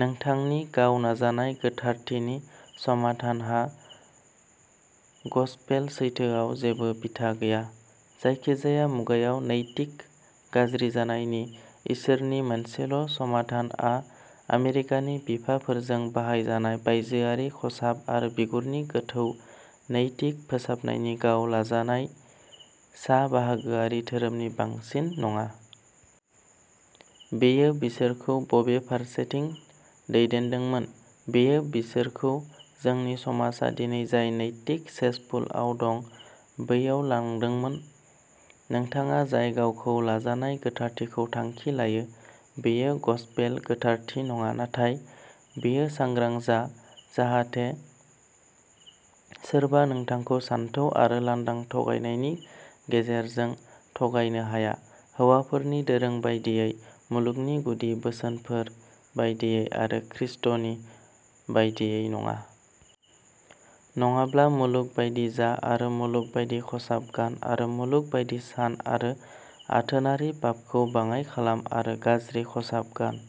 नोंथांनि गाव नाजानाय गोथारथिनि समाधानहा गसपेल सैथोआव जेबो बिथा गैया। जायखिजाया मुगायाव नैतिक गाज्रि जानायनि इसोरनि मोनसेल' समाधानआ आमेरिकानि बिफाफोरजों बाहायजानाय बायजोआरि खसाब आरो बिगुरनि गोथौ नैतिक फोसाबनायनि गाव लाजानाय सा बाहागोआरि धोरोमनि बांसिन नङा। बेयो बिसोरखौ बबे फारसे दैदेनदोंमोन बेयो बिसोरखौ जोंनि समाजआ दिनै जाय नैतिक सेसपुलआव दं, बैयाव लांदोंमोन। नोंथाङा जाय गावखौ लाजानाय गोथारथिखौ थांखि लायो, बेयो गसपेल गोथारथि नङा, नाथाय बेयो सांग्रां जा जाहाथे सोरबा नोंथांखौ सानथौ आरो लांदां थगायनायनि गेजेरजों थगायनो हाया, हौवाफोरनि दोरों बायदियै, मुलुगनि गुदि बोसोनफोर बायदियै आरो खृष्टनि बायदियै नङा। नङाब्ला मुलुग बायदि जा आरो मुलुग बायदि खसाब गान आरो मुलुग बायदि सान आरो आथोनारि पापखौ बाङाइ खालाम आरो गाज्रि खसाब गान।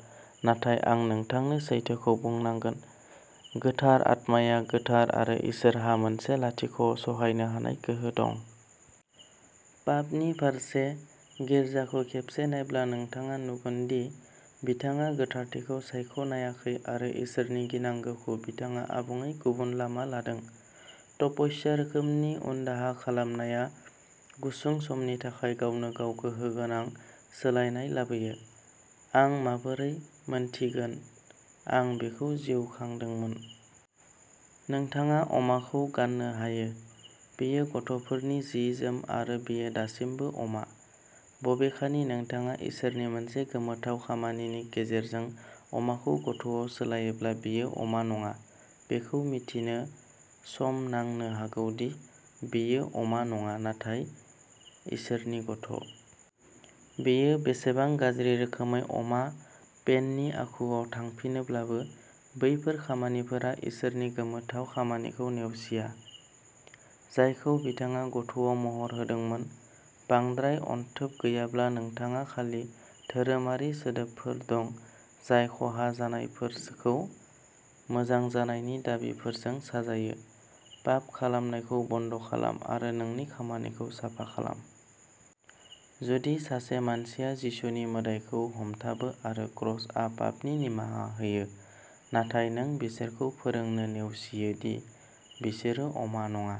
नाथाय आं नोंथांनो सैथोखौ बुंनांगोन, गोथार आत्माया गोथार आरो इसोरहा मोनसे लाथिख' सहायनो हानाय गोहो दं। पापनि फारसे। गिर्जाखौ खेबसे नायब्ला नोंथाङा नुगोन दि बिथाङा गोथारथिखौ सायख'नायाखै आरो इसोरनि गिनांगौखौ बिथाङा आबुङै गुबुन लामा लादों। तपस्या रोखोमनि उनदाहा खालामनाया गुसुं समनि थाखाय गावनो गाव गोहो गोनां सोलायनाय लाबोयो। आं माबोरै मिन्थिगोन आं बेखौ जिउ खांदोंमोन। नोंथाङा अमाखौ गान्नो हायो, बेयो गथ'फोरनि जि-जोम आरो बेयो दासिमबो अमा। बबेखानि नोंथाङा इसोरनि मोनसे गोमोथाव खामानिनि गेजेरजों अमाखौ गथ'आव सोलायोब्ला बेयो अमा नङा। बेखौ मिथिनो सम नांनो हागौ दि बेयो अमा नङा, नाथाय इसोरनि गथ'। बेयो बेसेबां गाज्रि रोखोमै अमा पेननि आखुआव थांफिनोब्लाबो बैफोर खामानिफोरा इसोरनि गोमोथाव खामानिखौ नेवसिया, जायखौ बिथाङा गथ'आव महर होदोंमोन। बांद्राय अनथोब गैयाब्ला नोंथाङा खालि धोरोमारि सोदोबफोर दं, जाय खहा जानायफोरखौ मोजां जानायनि दाबिफोरजों साजायो, पाप खालामनायखौ बन्द खालाम आरो नोंनि खामानिखौ साफा खालाम। जुदि सासे मानसिया जिसुनि मोदाइखौ हमथाबो आरो क्रसआ पापनि निमाहा होयो, नाथाय नों बिसोरखौ फोरोंनो नेवसियो दि बिसोरो अमा नङा,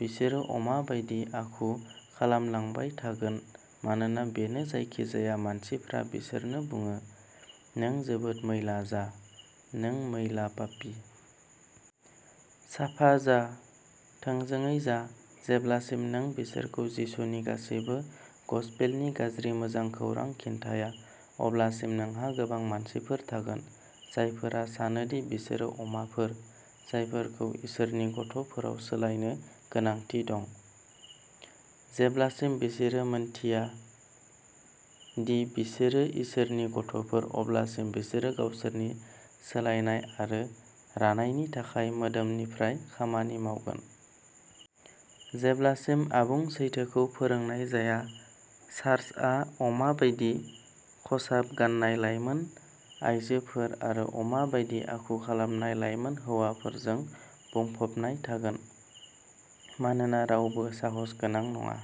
बिसोरो अमा बायदि आखु खालामलांबाय थागोन मानोना बेनो जायखिजाया मानसिफ्रा बिसोरनो बुङो। नों जोबोद मैला जा, नों मैला पापी। साफा जा। थोंजोङै जा। जेब्लासिम नों बिसोरखौ जिसुनि गासिबो गसपेलनि गाज्रि मोजां खौरां खोन्थाया, अब्लासिम नोंहा गोबां मानसिफोर थागोन, जायफोरा सानो दि बिसोरो अमाफोर, जायफोरखौ इसोरनि गथ'फोराव सोलायनो गोनांथि दं। जेब्लासिम बिसोरो मिन्थिया दि बिसोरो इसोरनि गथ'फोर, अब्लासिम बिसोरो गावसोरनि सोलायनाय आरो रानायनि थाखाय मोदोमनिफ्राय खामानि मावगोन। जेब्लासिम आबुं सैथोखौ फोरोंनाय जाया, चार्चआ अमा बायदि खसाब गान्नाय लाइमोन आयजोफोर आरो अमा बायदि आखु खालामनाय लाइमोन हौवाफोरजों बुंफबनाय थागोन, मानोना रावबो साहसगोनां नङा।